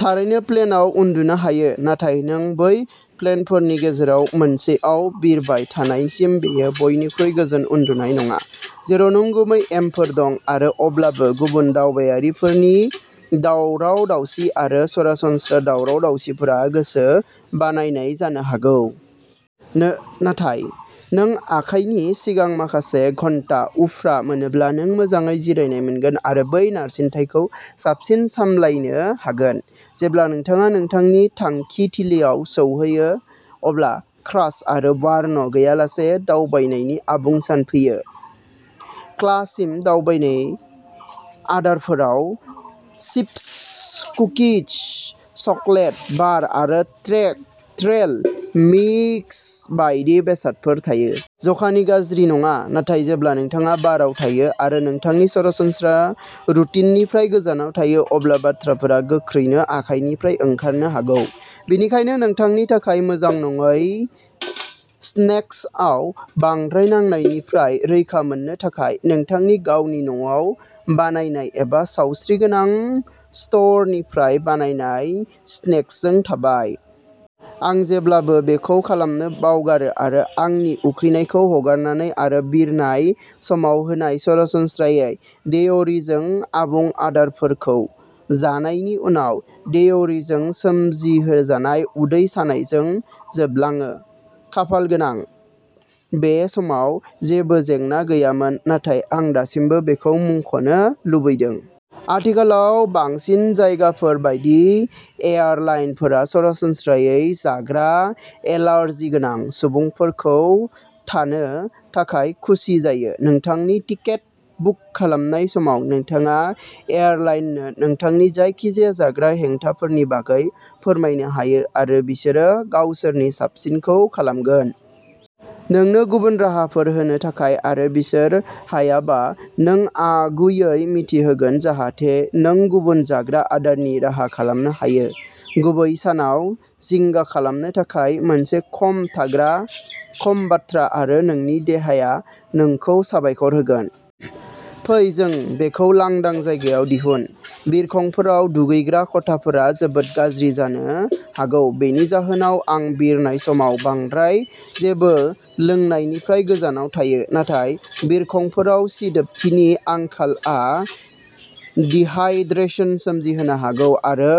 थारैनो, प्लेनआव उन्दुनो हायो, नाथाय नों बै प्लेनफोरनि गेजेराव मोनसेआव बिरबाय थानायसिम बेयो बयनिख्रुइ गोजोन उन्दुनाय नङा, जेराव नंगुबै एमफोर दं। आरो अब्लाबो, गुबुन दावबायारिफोरनि दावराव-दावसि आरो सरासनस्रा दावराव-दावसिफोरा गोसो बायनाय जानो हागौ। नाथाय, नों आखाइनि सिगां माखासे घन्टा उफ्रा मोनोब्ला नों मोजाङै जिरायनाय मोनगोन आरो बै नारसिनथायखौ साबसिनै सामलायनो हागोन। जेब्ला नोंथाङा नोंथांनि थांखिथिलियाव सौहैयो अब्ला क्रास आरो बार्न गैयालासे दावबायनायनि आबुं सान फैयो। क्लासिक दावबायनाय आदारफोराव चिप्स, कुकिज, चकलेट बार आरो ट्रेल मिक्स बायदि बेसादफोर थायो। जखानि गाज्रि नङा, नाथाय जेब्ला नोंथाङा बाराव थायो आरो नोंथांनि सरासनस्रा रुटिननिफ्राय गोजानाव थायो अब्ला बाथ्राफोरा गोख्रैनो आखायनिफ्राय ओंखारनो हागौ। बेनिखायनो नोंथांनि थाखाय मोजां नङै स्नेक्सआव बांद्राय नांनायनिफ्राय रैखा मोननो थाखाय, नोंथांनि गावनि न'आव बानायनाय एबा सावस्रिगोनां स्ट'रनिफ्राय बायनाय स्नेक्सजों थाबाय। आं जेब्लाबो बेखौ खालामनो बावगारो आरो आंनि उखैनायखौ हगारनानै आरो बिरनाय समाव होनाय सरासनस्रायै डेयरीजों आबुं आदारफोरखौ जानायनि उनाव डेयरीजों सोमजिहोजानाय उदै सानायजों जोबलाङो। खाफालगोनांै, बे समाव जेबो जेंना गैयामोन, नाथाय आं दासिमबो बेखौ मुंख'नो लुबैदों। आथिखालाव बांसिन जायगाफोर बायदि, एयारलाइनफोरा सरासनस्रायै जाग्रा एलार्जि गोनां सुबुंफोरखौ थानो थाखाय खुसि जायो। नोंथांनि टिकेट बुक खालामनाय समाव, नोंथाङा एयारलाइननो नोंथांनि जायखिजाया जाग्रा हेंथाफोरनि बागै फोरमायनो हायो आरो बिसोरो गावसोरनि साबसिनखौ खालामगोन। नोंनो गुबुन राहाफोर होनो थाखाय। आरो बिसोर हायाबा नों आगुयै मिन्थिगोन जाहाथे नों गुबुन जाग्रा आदारनि राहा खालामनो हायो। गुबै सानाव जिंगा खालामनो थाखाय मोनसे खम बाथ्रा आरो नोंनि देहाया नोंखौ साबायखर होगोन। फै जों बेखौ लांदां जायगायाव दिहुनः बिरखंफोराव दुगैग्रा खथाफोरा जोबोद गाज्रि जानो हागौ। बेनि जाहोनाव, आं बिरनाय समाव बांद्राय जेबो लोंनायनिफ्राय गोजानाव थायो। नाथाय बिरखंफोराव सिदोबथिनि आंखालआ डिहाइड्रेशन सोमजिहोनो हागौ। आरो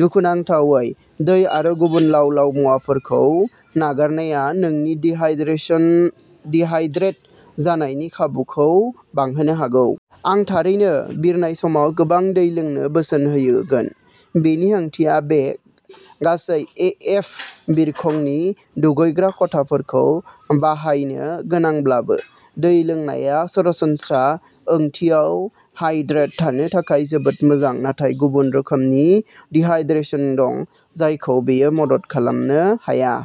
दुखुनांथावै, दै आरो गुबुन लाव-लाव मुवाफोरखौ नागारनाया नोंनि डिहाइड्रेटेड जानायनि खाबुखौ बांहोनो हागौ। आं थारैनो बिरनाय समाव गोबां दै लोंनो बोसोन होगोन। बेनि ओंथिया बै गासै एएफ बिरखंनि दुगैग्रा खथाफोरखौ बाहायनो गोनांब्लाबो। दै लोंनाया सरासनस्रा ओंथियाव हाइड्रेटेड थानो थाखाय जोबोद मोजां, नाथाय गुबुन रोखोमनि डिहाइड्रेशन दं जायखौ बेयो मदद खालामनो हाया।